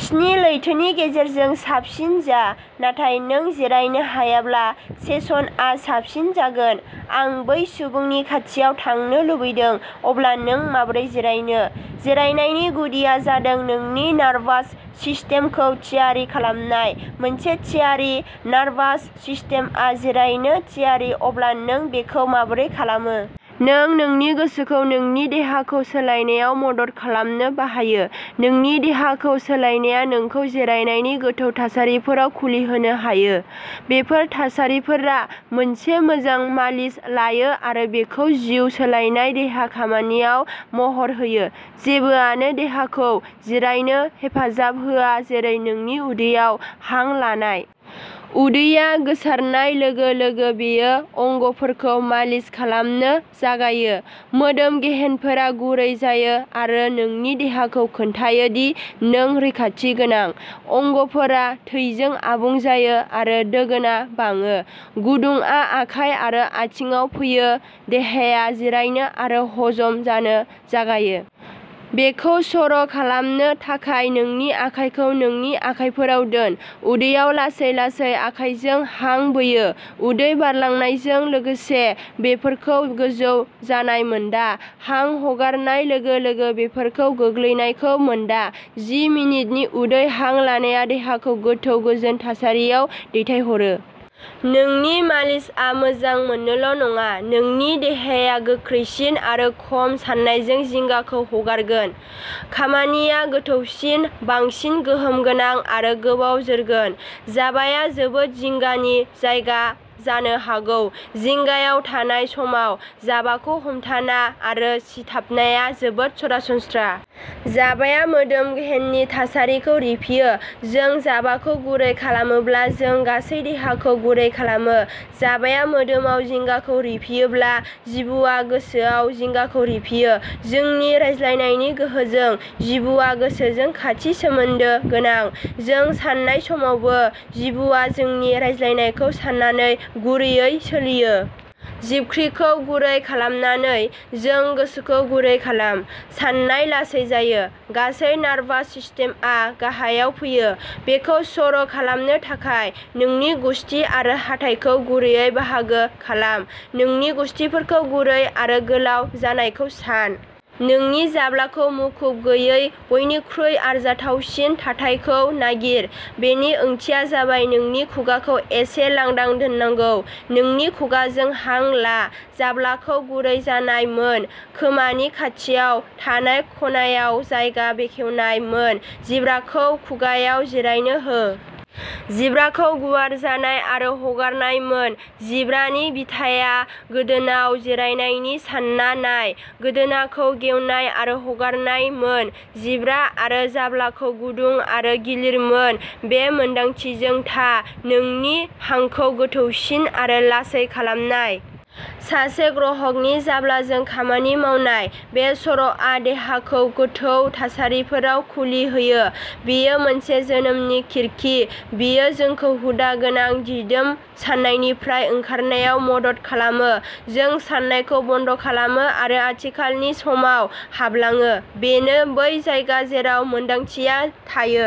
स्नि लैथोनि गेजेरजों साबसिन जा, नाथाय नों जिरायनो हायाब्ला, सेसनआ साबसिन जागोन। आं बै सुबुंनि खाथियाव थांनो लुबैदों! अब्ला नों माबोरै जिरायनो? जिरायनायनि गुदिया जादों नोंनि नार्भास सिस्टेमखौ थियारि खालामनाय। मोनसे थियारि नार्भास सिस्टेमआ जिरायनो थियारि अब्ला नों बेखौ माबोरै खालामो? नों नोंनि गोसोखौ नोंनि देहाखौ सोलायनायाव मदद खालामनो बाहायो। नोंनि देहाखौ सोलायनाया नोंखौ जिरायनायनि गोथौ थासारिफोराव खुलिहोनो हायो। बेफोर थासारिफोरा मोनसे मोजां मालिस लायो आरो बेखौ जिउ सोलायनाय देहा खामानिआव महर होयो। जेबोआनो देहाखौ जिरायनो हेफाजाब होआ जेरै नोंनि उदैयाव हां लानाय। उदैया गोसारनाय लोगो-लोगो बेयो अंगफोरखौ मालिस खालामनो जागायो। मोदोम-गेहेनफोरा गुरै जायो आरो नोंनि देहाखौ खोन्थायो दि नों रैखाथि गोनां। अंगफोरा थैजों आबुं जायो आरो दोगोनआ बाङो। गुदुंआ आखाइ आरो आथिंआव फैयो। देहाया जिरायनो आरो हजम जानो जागायो। बेखौ सर' खालामनो थाखाय, नोंनि आखाइखौ नोंनि आखायफोराव दोन। उदैयाव लासै-लासै आखाइजों हां बोयो। उदै बारलांनायजों लोगोसे बेफोरखौ गोजौ जानाय मोनदा। हां हगारनाय लोगो-लोगो बेफोरखौ गोग्लैनायखौ मोनदा। जि मिनिटनि उदै हां लानाया देहाखौ गोथौ गोजोन थासारियाव दैथायहरो। नोंनि मालिसआ मोजां मोननोल' नङा, नोंनि देहाया गोख्रैसिन आरो खम सानायजों जिंगाखौ हगारगोन। खामानिया गोथौसिन, बांसिन गोहोम गोनां आरो गोबाव जोरगोन। जाबाया जोबोद जिंगानि जायगा जानो हागौ। जिंगायाव थानाय समाव, जाबाखौ हमथाना आरो सिथाबनाया जोबोद सरासनस्रा। जाबाया मोदोम गेहेननि थासारिखौ रिफियो। जों जाबाखौ गुरै खालामोब्ला जों गासै देहाखौ गुरै खालामो। जाबाया मोदोमाव जिंगाखौ रिफियोब्ला, जिबुआ गोसोआव जिंगाखौ रिफियो। जोंनि रायज्लायनायनि गोहोजों, जिबुआ गोसोजों खाथि सोमोन्दो गोनां। जों सान्नाय समावबो, जिबुआ जोंनि रायज्लायनायखौ सान्नानै गुरैयै सोलियो। जिबख्रिखौ गुरै खालामनानै, जों गोसोखौ गुरै खालामो। साननाय लासै जायो। गासै नार्भास सिस्टेमआ गाहायाव फैयो। बेखौ सर' खालामनो थाखाय, नोंनि गुसथि आरो हाथाइखौ गुरैयै बाहागो खालाम। नोंनि गुसथिफोरखौ गुरै आरो गोलाव जानायखौ सान। नोंनि जाब्लाखौ मुखुब गैयै बयनिख्रुइ आरजाथावसिन थाथायखौ नागिर। बेनि ओंथिया जाबाय नोंनि खुगाखौ एसे लांदां दोननांगौ। नोंनि खुगाजों हां ला। जाब्लाखौ गुरै जानाय मोन। खोमानि खाथियाव थानाय खनायाव जायगा बेखेवनाय मोन। जिब्राखौ खुगाआव जिरायनो हो। जिब्राखौ गुवार जानाय आरो हगारनाय मोन। जिब्रानि बिथाया गोदोनाआव जिरायनायनि सानना नाय। गोदोनाखौ गेवनाय आरो हगारनाय मोन। जिब्रा आरो जाब्लाखौ गुदुं आरो गिलिर मोन। बे मोनदांथिजों था, नोंनि हांखौ गोथौसिन आरो लासै खालामनाय। सासे ग्राहकनि जाब्लाजों खामानि मावनाय। बे सर'आ देहाखौ गोथौ थासारिफोराव खुलि होयो। बेयो मोनसे जोनोमनि खिरखि। बेयो जोंखौ हुदा गोनां, दिदोम साननायनिफ्राय ओंखारनायाव मदद खालामो। जों सान्नायखौ बन्द'खालामो आरो आथिखालनि समाव हाबलाङो। बेनो बै जायगा जेराव मोन्दांथिया थायो।